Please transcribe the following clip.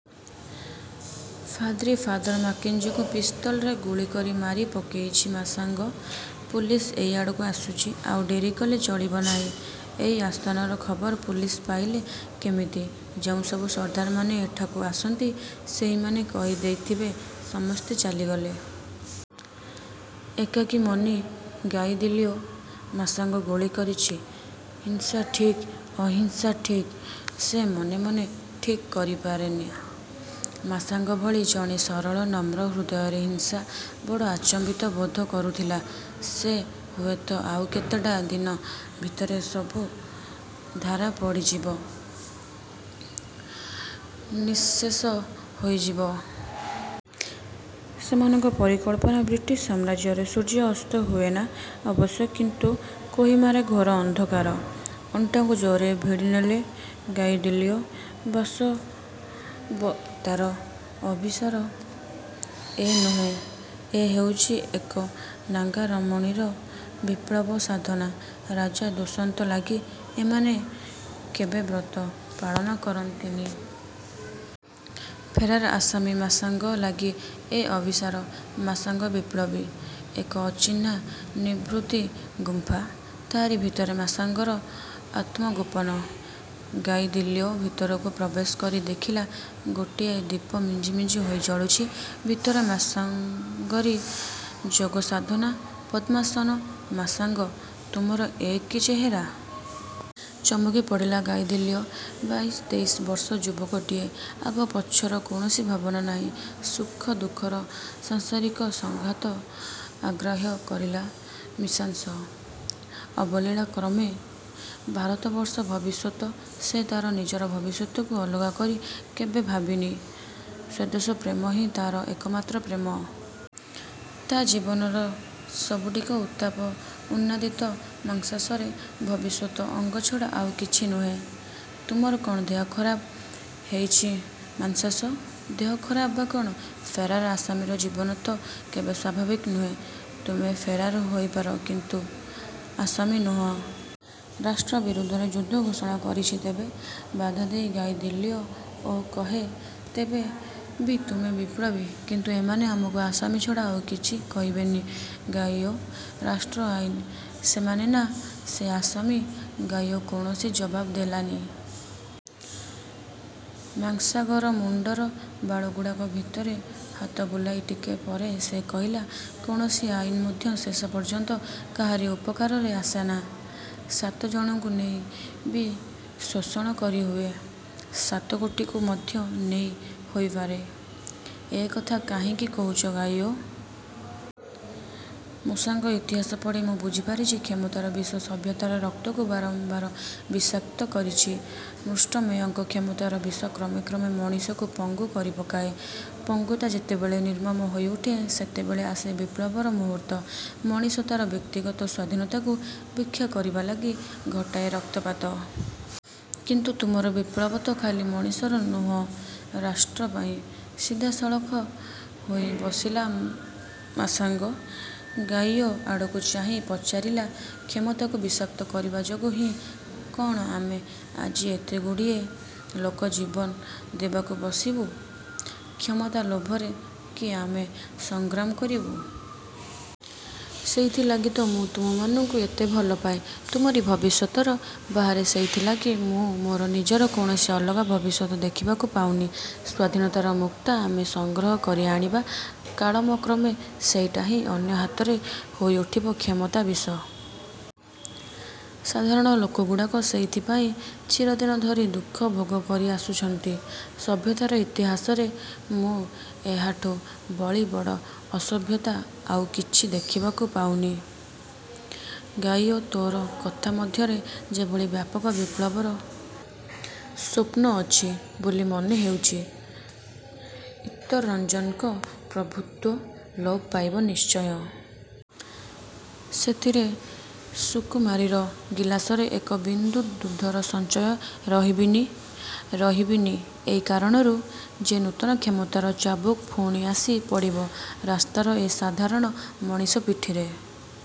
ଫାଦ୍ରୀ father ମାକେଞ୍ଜିଙ୍କୁ ପିସ୍ତଲରେ ଗୁଳି କରି ମାରି ପକେଇଚି ମାଶାଙ୍ଗ। ପୁଲିସ ଏଇ ଆଡ଼କୁ ଆସୁଚି। ଆଉ ଡ଼େରି କଲେ ଚଳିବ ନାହିଁ। –ଏଇ ଆସ୍ଥାନର ଖବର ପୁଲିସ ପାଇଲେ କିମିତି? –ଯେଉଁସବୁ ସର୍ଦ୍ଦାରମାନେ ଏଠାକୁ ଆସନ୍ତି, ସେହିମାନେ କହି ଦେଇଥିବେ। ସମସ୍ତେ ଚାଲିଗଲେ। ଏକାକିମନୀ ଗାଇଦିଲିଓ। ମାଶାଙ୍ଗ ଗୁଳି କରିଚି! ହିଂସା ଠିକ୍ ଅହିଂସା ଠିକ୍ ସେ ମନେ ମନେ ଠିକ୍ କରିପାରେନା। ମାଶାଙ୍ଗ ଭଳି ଜଣେ ସରଳ ନମ୍ର ହୃଦୟରେ ହିଂସା! ବଡ଼ ଆଚମ୍ୱିତ ବୋଧ କରୁଥିଲା ସେ। ହୁଏତ ଆଉ କେତେଟା ଦିନ ଭିତରେ ସବୁ ଧାରା ପଡ଼ିଯିବ, ନିଃଶେଷ ହୋଇଯିବ। ସେମାନଙ୍କ ପରିକଳ୍ପନା। ବ୍ରିଟିଶ-ସାମାଜ୍ର୍ୟରେ ସୂର୍ଯ୍ୟ ଅସ୍ତ ହୁଏନା ଅବଶ୍ୟ; କିନ୍ତୁ କୋହିମାରେ ଘୋର ଅନ୍ଧକାର-। ଅଣ୍ଟାକୁ ଜୋରରେ ଭିଡ଼ି ନେଲେ ଗାଇଦିଲିଓ! ବାସବଦତ୍ତାର ଅଭିସାର ଏ ନୁହେଁ। ଏ ହେଉଚି ଏକ ନାଗା ରମଣୀର ବିପ୍ଳବ ସାଧନା। ରାଜା ଦୁଷନ୍ତ ଲାଗି ଏମାନେ କେବେ ବ୍ରତ ପାଳନ କରିନ୍ତିନି। ଫେରାର ଆସାମୀ ମାଶାଙ୍ଗ ଲାଗି ଏ ଅଭିସାର। ମାଶାଙ୍ଗ ବିପ୍ଳବୀ। ଏକ ଅଚିହ୍ନା ନିଭୃତି ଗୁମ୍ପା। ତାରି ଭିତରେ ମାଶାଙ୍ଗର ଆତ୍ମଗୋପନ। ଗାଇଦିଲିଓ ଭିତରକୁ ପ୍ରବେଶ କରି ଦେଖିଲା ଗୋଟିଏ ଦୀପ ମିଞ୍ଜି ମିଞ୍ଜି ହୋଇ ଜଳୁଚି। ଭିତରେ ମାଶାଙ୍ଗରୀ ଯୋଗସାଧନା। ପଦ୍ମାସନ। –ମାଶାଂଗ! ତୁମର ଏ କି ଚେହେରା? ଚମକି ପଡ଼ିଲା ଗାଇଦିଲିଓ। ବାଇଇ ତେଇଶ ବର୍ଷ ଯୁବକଟିଏ। ଆଗ ପଛର କୌଣସି ଭାବନା ନାହିଁ। ସୁଖ ଦୁଃଖର ସାଂସାରିକ ସଂଘାତ ଆଗ୍ରାହ୍ୟ କରିଲା ମୀଶାଂଶ ଅବଲୀଳାକ୍ରମେ। ଭାରତବର୍ଷ ଭବିଷ୍ୟତ ସେ ତାର ନିଜର ଭବିଷ୍ୟତକୁ ଅଲଗା କରି କେବେ ଭାବିନି। ସ୍ୱଦେଶପ୍ରେମ ହିଁ ତାର ଏକମାତ୍ର ପ୍ରେମ। ତା ଜୀବନର ସବୁଟିକ ଉତ୍ତାପ ଉନ୍ନାଦିତ ମାଶଂଶରେ ଭବିଷ୍ୟତ ଅଙ୍ଗ ଛଡ଼ା ଆଉ କିଛି ନୁହେଁ। –ତୁମର କ'ଣ ଦେହ ଖରାପ ହେଇଛି ମାଶଂଶ! –ଦେହ ଖରାପ ବା କ'ଣ? ଫେରାର ଆସାମୀର ଜୀବନ ତ କେବେ ସ୍ୱାଭାବିକ ନୁହେଁ-। –ତୁମେ ଫେରାର ହୋଇପାର କିନ୍ତୁ ଆସାମୀ ନୁହଁ। –ରାଷ୍ଟ୍ର ବିରୁଦ୍ଧରେ ଯୁଦ୍ଧ ଘୋଷଣା କରିଛି ତେବେ? ବାଧା ଦେଇ ଗାଇଦିଲିଓ ଓ କହେ, ତେବେ ବି ତୁମେ ବିପ୍ଳବୀ! କିନ୍ତୁ ଏମାନେ ଆମକୁ ଆସାମୀ ଛଡ଼ା ଆଉ କିଛି କହିବେନି ଗାଇଓ! ରାଷ୍ଟ୍ର ଆଇନ ସେ ମାନେନା ସେ ଆସାମୀ। ଗାଇଓ କୌଣସି ଜବାବ ଦେଲାନି। ମାଶାଂଗର ମୁଣ୍ଡର ବାଳଗୁଡ଼ାକ ଭିତରେ ହାତ ବୁଲାଉ ଟିକେ ପରେ ସେ କହିଲା, କୌଣସି ଆଇନ ମଧ୍ୟ ଶେଷ ପର୍ଯ୍ୟନ୍ତ କାହାରି ଉପକାରରେ ଆସେନା। ସାତ ଜଣକୁ ନେଇ ବି ଶୋଷଣ କରିହୁଏ, ସାତ କୋଟିକୁ ମଧ୍ୟ ନେଇ ହୋଇପାରେ। –ଏ କଥା କାହିଁକି କହୁଛୁ ଗାଇଓ? -ମୋଶାଂଗ! ଇତିହାସ ପଢି ମୁଁ ବୁଝିପାରିଛି, କ୍ଷମତାର ବିଷ ସଭ୍ୟତାର ରକ୍ତକୁ ବାରମ୍ୱାର ବିଷାକ୍ତ କରିଚି। ମୃଷ୍ଟମେୟଙ୍କ କ୍ଷମତାର ବିଷ କ୍ରମେ କ୍ରମେ ମଣିଷକୁ ପଙ୍ଗୁ କରିପକାଏ-। ପଙ୍ଗୁତା ଯେତେବେଳେ ନିର୍ମମ ହୋଇଉଠେ, ସେତେବେଳେ ଆସେ ବିପ୍ଳବର ମୁହୂର୍ତ୍ତ। ମଣିଷ ତାର ବ୍ୟକ୍ତିଗତ ସ୍ୱାଧୀନତାକୁ ଭିକ୍ଷା କରିବା ଲାଗି ଘଟାଏ ରକ୍ତପାତ। କିନ୍ତୁ ତୁମର ବିପ୍ଳବ ତ ଖାଲି ମଣିଷର ନୁହଁ, ରାଷ୍ଟ୍ର ପାଇଁ। ସିଧା ସଳଖ ହୋଇ ବସିଲା ମାଶଂଗ। ଗାଇଓ ଆଡ଼କୁ ଚାହିଁ ପଚାରିଲା-କ୍ଷମତାକୁ ବିଷାକ୍ତ କରିବା ଯୋଗୁଁ ହିଁ କ'ଣ ଆମେ ଆଜି ଏତେଗୁଡ଼ିଏ ଲୋକ ଜୀବନ ଦେବାକୁ ବସିବୁ? କ୍ଷମତା ଲୋଭରେ କି ଆମେ ସଂଗ୍ରାମ କରିବୁ? –ସେଇଥିଲାଗି ତ ମୁଁ ତୁମମାନଙ୍କୁ ଏତେ ଭଲ ପାଏ। ତୁମରି ଭବିଷ୍ୟତର ବାହାରେ ସେଇଥିଲାଗି ମୁଁ ମୋର ନିଜର କୌଣସି ଅଲଗା ଭବିଷ୍ୟତ ଦେଖିବାକୁ ପାଉନି ସ୍ୱାଧୀନତାର ମୁକ୍ତା ଆମେ ସଂଗ୍ରହ କରି ଆଣିବା, କାଳମକ୍ରମେ ସେଇଟା ହିଁ ଅନ୍ୟ ହାତରେ ହୋଇଉଠିବ କ୍ଷମତା ବିଷ-। ସାଧାରଣ ଲୋକଗୁଡ଼ାକ ସେଇଥିପାଇଁ ଚିରଦିନ ଧରି ଦୁଃଖ ଭୋଗ କରି ଆସୁଛନ୍ତି। ସଭ୍ୟତାର ଇତିହାସରେ ମୁଁ ଏହାଠୁ ବଳି ବଡ଼ ଅସଭ୍ୟତା ଆଉ କିଛି ଦେଖିବାକୁ ପାଉନି। –ଗାଇଓ! ତୋର କଥା ମଧ୍ୟରେ ଯେଭଳି ବ୍ୟାପକ ବିପ୍ଳବର ସ୍ୱପ୍ନ ଅଛି ବୋଲି ମନେ ହେଉଛି। –ଇତରଜନଙ୍କ ପ୍ରଭୃତ୍ୱ ଲୋପ ପାଇବ ନିଶ୍ଚୟ। ସେଥିରେ ସୁକୁମାରୀର ଗିଲାସରେ ଏକ ବିନ୍ଦୁ ଦୁଧର ସଞ୍ଚୟ ରହିବିନି। ରହିବିନି ଏଇ କାରଣରୁ ଯେ ନୂତନ କ୍ଷମତାର ଚାବୁକ ପୁଣି ଆସି ପଡ଼ିବ ରାସ୍ତାର ଏ ସାଧାରଣ ମଣିଷ ପିଠିରେ।